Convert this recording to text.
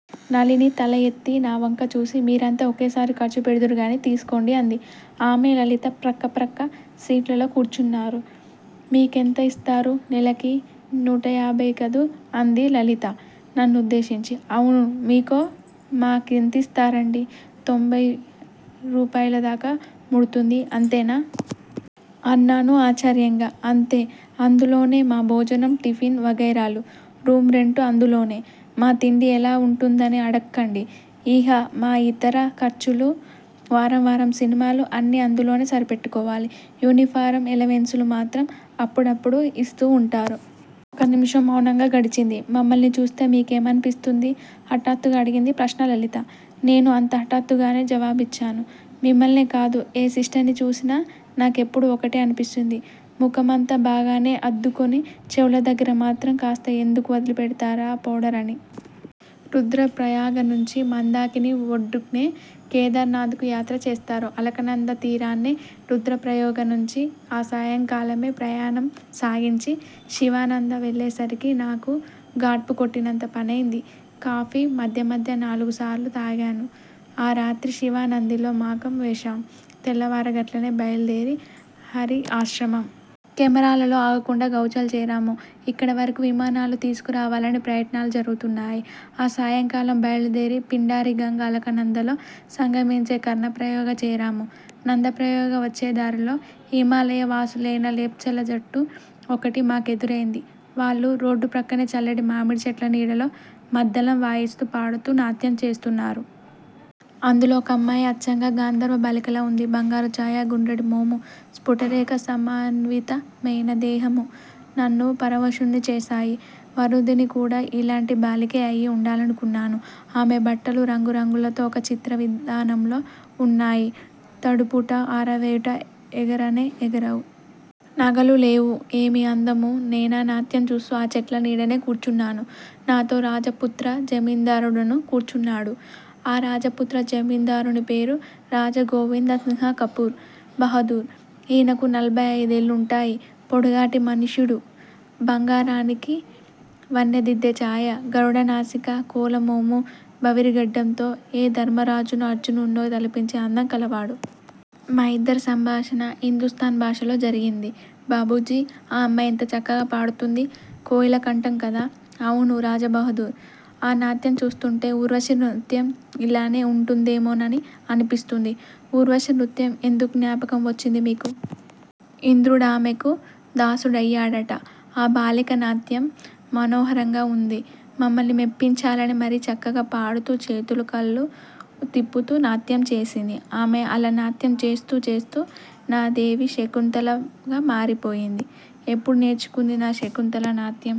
నళిని తల ఎత్తి నా వంక చూసి మీరంతా ఒకేసారి ఖర్చు పెడుదురుగానీ, తీసుకోండి అంది. ఆమె, లలితా ప్రక్క ప్రక్క సీట్లలో కూర్చున్నారు. మీకెంత యిస్తారు నెలకి? నూటయాభయి కదూ' అంది లలిత, నన్ను ఉద్దేశించి. అవును. మీకో? మా కెంతిస్తారండీ? తొంభయి రూపాయలదాకా ముడుతుంది అంతేనా? అన్నాను ఆశ్చర్యంగా. అంతే! అందులోనే మా భోజనం, టిఫిన్ వగైరాలు, రూమ్ రెంటూ అందులోనే. మా తిండి ఎలా వుంటుందని అడక్కండి. ఇహ మా యితర ఖర్చులూ, వారం వారం సినిమాలూ అన్నీ అందులోనే సరి పెట్టుకోవాలి, యూనిఫారం ఎలవెన్సులు మాత్రం అప్పుడప్పుడూ యిస్తూ వుంటారు. ఒక నిముషం మౌనంగా గడిచింది. మమ్మల్ని చూస్తే మీ కేమనిపిస్తుంది? హఠాత్తుగా అడిగిందీ ప్రశ్న లలిత. నేనూ అంత హఠాత్తుగానే జవాబిచ్చాను! మిమ్మల్నే కాదు, ఏ సిస్టర్ని చూసినా నా కెప్పుడూ ఒకటే అనిపిస్తుంది _ ముఖమంతా బాగానే అద్దుకుని చెవుల దగ్గర మాత్రం కాస్త ఎందుకు వదిలి పెడతారా పౌడర్ అని. రుద్రప్రయాగనుంచి మందాకిని ఒడ్డునే కేదారనాథ్ కు యాత్ర చేస్తారు. అలకనందా తీరాన్నే రుద్రప్రయోగనుంచి ఆ సాయంకాలమే ప్రయాణం సాగించి, శివానంద వెళ్ళేసరికి నాకు గాడ్పు కొట్టినంత పనైంది. కాఫీ మధ్య మధ్య నాలుగు సార్లు తాగాను. ఆ రాత్రి శివానందిలో మాకం వేశాం. తెల్లవారగట్లనే బయలుదేరి హరి ఆశ్రమం. కెమెరాలలో ఆగకుండా గౌచాల్ చేరాము. ఇక్కడవరకు విమానాలు తీసుకురావాలని ప్రయత్నాలు జరుగుతున్నాయి. ఆ సాయంకాలం బయలుదేరి, పిండారిగంగ అలకనందలో సంగమించే కర్ణప్రయోగ చేరాము. నందప్రయోగ వచ్చేదారిలో హిమాలయవాసులైన లేప్చల జట్టు ఒకటి మా కెదురైంది. వాళ్ళు రోడ్డు ప్రక్కనే చల్లటి మామిడిచెట్ల నీడలో మద్దళం వాయిస్తూ పాడుతూ నాట్యం చేస్తున్నారు. అందులో ఒక అమ్మాయి అచ్చంగా గంధర్వ బాలికలా ఉంది. బంగారు చాయ, గుండ్రటి మోము, స్పుటరేఖా సమన్వితమైన దేహమూ నన్ను పరవశుణ్ణి చేశాయి. వరూధిని కూడా ఈలాంటి బాలికే అయి ఉండాలనుకున్నాను. ఆమె బట్టలు రంగు రంగులతో ఒక చిత్రవిధానంలో వున్నాయి, తడుపుట, ఆరవేయుట ఎగరనే ఎగరవు. నగలూ లేవు. ఏమి అందము! నేనా నాట్యం చూస్తూ ఆ చెట్లనీడనే కూర్చున్నాను. నాతో రాజపుత్ర జమీందారుడును కూర్చున్నాడు. ఆ రాజపుత్ర జమీందారుని పేరు రాజగోవిందసింహకపూర్ బహదూర్, ఈయనకు నలభై అయిదేళ్ళుంటాయి. పొడుగాటి మనుష్యుడు. బంగారానికి వన్నెదిద్దే చాయ. గరుడనాసిక, కోలమోము, బవిరి గడ్డంతో ఏ ధర్మరాజునో, అర్జునుణ్ణో తలపించే అందం కలవాడు. మా ఇద్దరి సంభాషణ హిందూస్థాన్ భాషలో జరిగింది. ''బాబూజీ! ఆ అమ్మాయి ఎంత చక్కగా పాడుతోంది. కోయిల కంఠం కదా? '' ''అవును రాజబహదూర్! ఆ నాట్యం చూస్తోంటే ఊర్వశి నృత్యం ఈలానే వుండేదేమోనని అనిపిస్తోంది. '' ''ఊర్వశి నృత్యం ఎందుకు జ్ఞాపకం వచ్చింది మీకు? ఇంద్రు డామెకు దాసుడయ్యాడట. ఆ బాలిక నాట్యం మనోహరంగా ఉంది. మమ్మల్ని మెప్పించాలని మరీ చక్కగా పాడుతూ, చేతులూ కళ్ళూ తిప్పుతూ నాట్యం చేసింది. ఆమె అలా నాట్యం చేస్తూ, చేస్తూ నాదేవి శకుంతలగా మారిపోయింది. ఎప్పుడు నేర్చుకుంది నా శకుంతల నాట్యం?